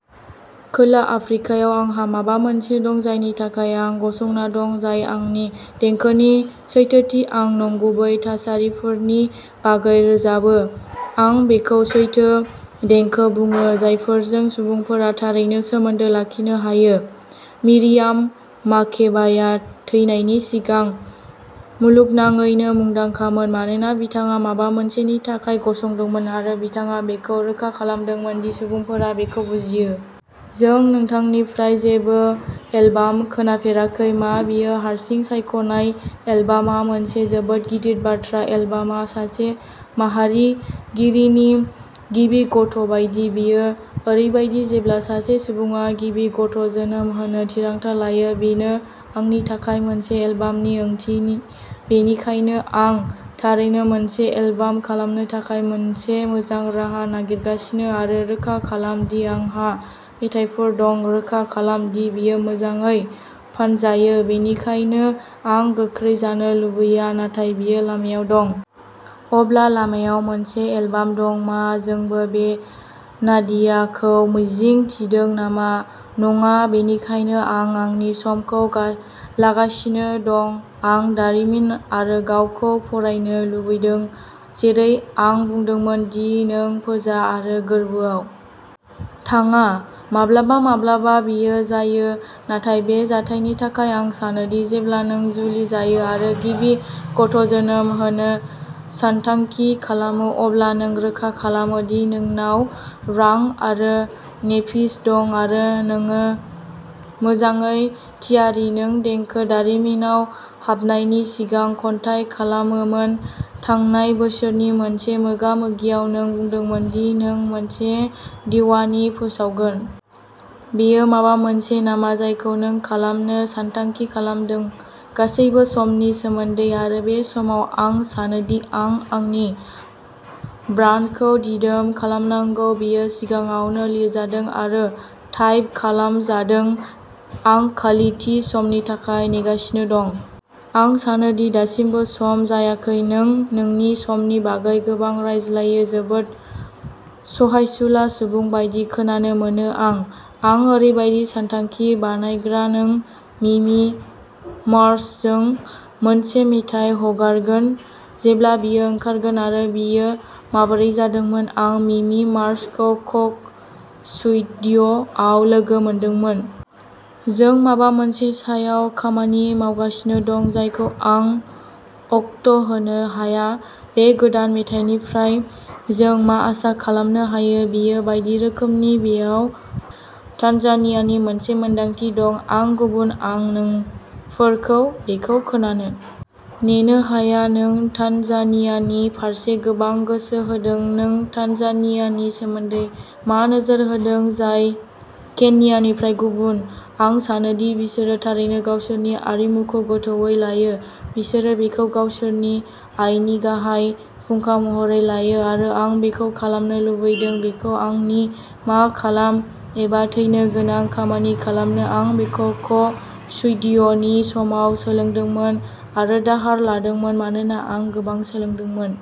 खोला आफ्रिकायाव आंहा माबा मोनसे दं जायनि थाखाय आं गसंना दं जाय आंनि देंखोनि सैथोथि आं नंगुबै थासारिफोरनि बागै रोजाबो आं बेखौ'सैथो देंखो बुङो जायफोरजों सुबुंफोरा थारैनो सोमोन्दो लाखिनो हायो मिरियाम माकेबाया थैनायनि सिगां मुलुगनाङैनो मुंदांखामोन मानोना बिथाङा माबा मोनसेनि थाखाय गसंदोंमोन आरो बिथाङा बेखौ रोखा खालामदोंमोन दि सुबुंफोरा बेखौ बुजियो। जों नोंथांनिफ्राय जेबो एलबाम खोनाफेराखै मा बेयो हारसिं सायख'नाय एलबामआ मोनसे जोबोद गिदिर बाथ्रा एलबामआ सासे माहारिगिरिनि गिबि गथ'बायदि बेयो ओरैबायदि जेब्ला सासे सुबुङा गिबि गथ'जोनोम होनो थिरांथा लायो बेनो आंनि थाखाय मोनसे एलबामनि ओंथि बेनिखायनो आं थारैनो मोनसे एलबाम खालामनो थाखाय मोनसे मोजां राहा नागिरगासिनो आरो रोखा खालाम दि आंहा मेथाइफोर दं रोखा खालाम दि बेयो मोजाङै फानजायो बेनिखायनो आं गोख्रै जानो लुबैया नाथाय बेयो लामायाव दं। अब्ला लामायाव मोनसे एलबाम दं मा जोंबो बे नादियाखौ मिजिं थिदों नामा नङा बेनिखायनो आं आंनि समखौ लागासिनो दं आं दारिमिन आरो गावखौ फरायनो लुबैदों जेरै आं बुंदोंमोन दि नों फोजा आरो गोर्बोआव थाङा माब्लाबा माब्लाबा बेयो जायो नाथाय बे जाथायनि थाखाय आं सानो दि जेब्ला नों जुलि जायो आरो गिबि गथ'जोनोम होनो सानथांखि खालामो अब्ला नों रोखा खालामो दि नोंनाव रां आरो नेपिस दं आरो नों मोजाङै थियारि नों देंखो दारिमिनाव हाबनायनि सिगां खन्थाइ खालामोमोन थांनाय बोसोरनि मोनसे मोगा-मोगियाव नों बुंदोंमोन दि नों मोनसे दिवानी फोसावगोन। बेयो माबा मोनसे नामा जायखौ नों खालामनो सानथांखि खालामदों गासैबो समनि सोमोन्दै आरो बे समाव आं सानोदि आं आंनि ब्रान्डखौ दिदोम खालामनांगौ बेयो सिगाङावनो लिरजादों आरो टाइप खालामजादों आं खालि थि समनि थाखाय नेगासिनो दं। आं सानो दि दासिमबो सम जायाखै नों नोंनि समनि बागै गोबां रायज्लायो जोबोद सहायसुला सुबुं बायदि खोनानो मोनो आं। आं ओरैबायदि सानथांखि बानायग्रा नों मिमि मार्सजों मोनसे मेथाइ हगारगोन जेब्ला बेयो ओंखारगोन आरो बेयो माबोरै जादोंमोन आं मिमि मार्सखौ क'क स्टुडिय'आव लोगो मोनदोंमोन। जों माबा मोनसे सायाव खामानि मावगासिनो दं जायखौ आं अक्ट'होनो हाया बे गोदान मेथाइनिफ्राय जों मा आसा खालामनो हायो बेयो बायदि रोखोमनि बेयाव तान्जानियानि मोनसे मोनदांथि दं आं गुबुन आं नोंफोरखौ बेखौ खोनानो नेनो हाया नों तान्जानियानि फारसे गोबां गोसो होदों नों तान्जानियानि सोमोन्दै मा नोजोर होदों जाय केन्यानिफ्राय गुबुन आं सानो दि बिसोरो थारैनो गावसोरनि आरिमुखौ गोथौवै लायो बिसोरो बेखौ गावसोरनि आयनि गाहाय फुंखा महरै लायो आरो आं बेखौ खालामनो लुबैदों बेखौ आंनि मा खालाम एबा थैनो गोनां खामानि खालामनो आं बेखौ क'क सुइडिय'नि समाव सोलोंदोंमोन आरो दाहार लादोंमोन मानोना आं गोबां सोलोंदोंमोन।